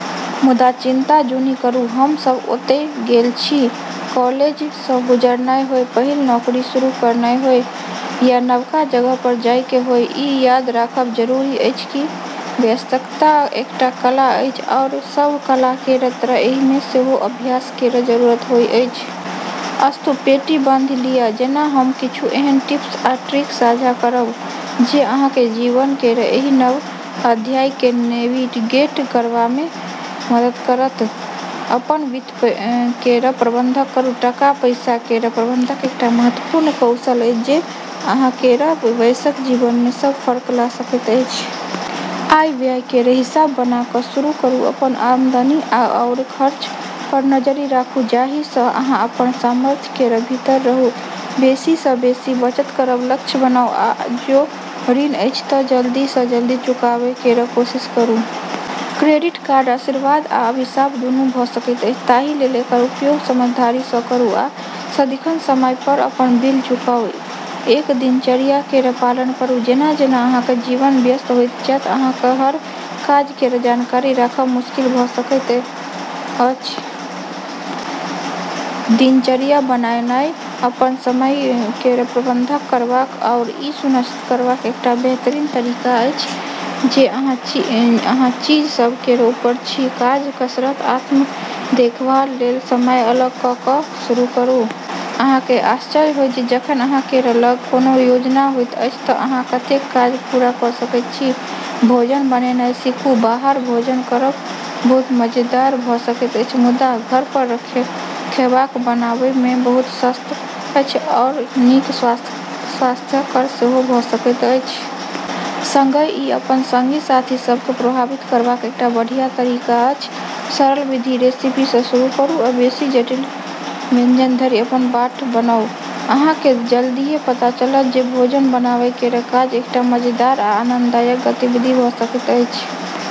मुदा चिन्ता जुनि करू-हम सभ ओतय गेल छी। कॉलेज सँ गुजरनाय होय, पहिल नौकरी शुरू करनाय होय, या नवका जगह पर जाय केँ होय, ई याद राखब जरूरी अछि जे वयस्कता एकटा कला अछि, आओर सभ कला केर तरह एहि मे सेहो अभ्यास केर जरूरत होइत अछि। अस्तु, पेटी बाँधि लियऽ जेना हम किछु एहन टिप्स आ ट्रिक साझा करब जे अहाँ केँ जीवन केर एहि नव अध्याय केँ नेविगेट करबा मे मदद करत। अपन वित्त केर प्रबंधन करू। टका-पैसा केर प्रबंधन एकटा महत्वपूर्ण कौशल अछि जे अहाँ केर वयस्क जीवन मे सब फर्क ला सकैत अछि। आय-व्यय केर हिसाब बना कऽ शुरू करू, अपन आमदनी आओर खर्च पर नजरि राखू जाहि सँ अहाँ अपन सामर्थ्य केर भीतर रहू। बेसी सँ बेसी बचत करब लक्ष्य बनाऊ, आ जों ऋण अछि तँ जल्दी सँ जल्दी चुकाबै केर कोशिश करू। क्रेडिट कार्ड आशीर्वाद आ अभिशाप दुनू भऽ सकैत अछि, ताहि लेल एकर उपयोग समझदारी सँ करू आ सदिखन समय पर अपन बिल चुकाऊ। एक दिनचर्या केर पालन करू। जेना-जेना अहाँक जीवन व्यस्त होइत जायत, अहाँक हर काज केर जानकारी राखब मुश्किल भऽ सकैत अछि। दिनचर्या बनानाइ अपन समय केर प्रबंधन करबाक आओर ई सुनिश्चित करबाक एकटा बेहतरीन तरीका अछि जे अहाँ चीज सभ केर ऊपर छी। काज, कसरत, आ आत्म-देखभाल लेल समय अलग कऽ कऽ शुरू करू। अहाँ केँ आश्चर्य होयत जे जखन अहाँ केर लग कोनो योजना होइत अछि तँ अहाँ कतेक काज पूरा कऽ सकैत छी। भोजन बनानाइ सीखू। बाहर भोजन करब बहुत मजेदार भऽ सकैत अछि, मुदा घर पर खैबाक बनाबै मे बहुत सस्त अछि आ नीक स्वास्थ्यकर सेहो भऽ सकैत अछि। संगहि, ई अपन संगी-साथी सभ केँ प्रभावित करबाक एकटा बढ़िया तरीका अछि! सरल विधि रेसिपी सँ शुरू करू आ बेसी जटिल व्यंजन धरि अपन बाट बनाऊ। अहाँ केँ जल्दिये पता चलत जे भोजन बनाबै केर काज एकटा मजेदार आ आनंददायक गतिविधि भऽ सकैत अछि।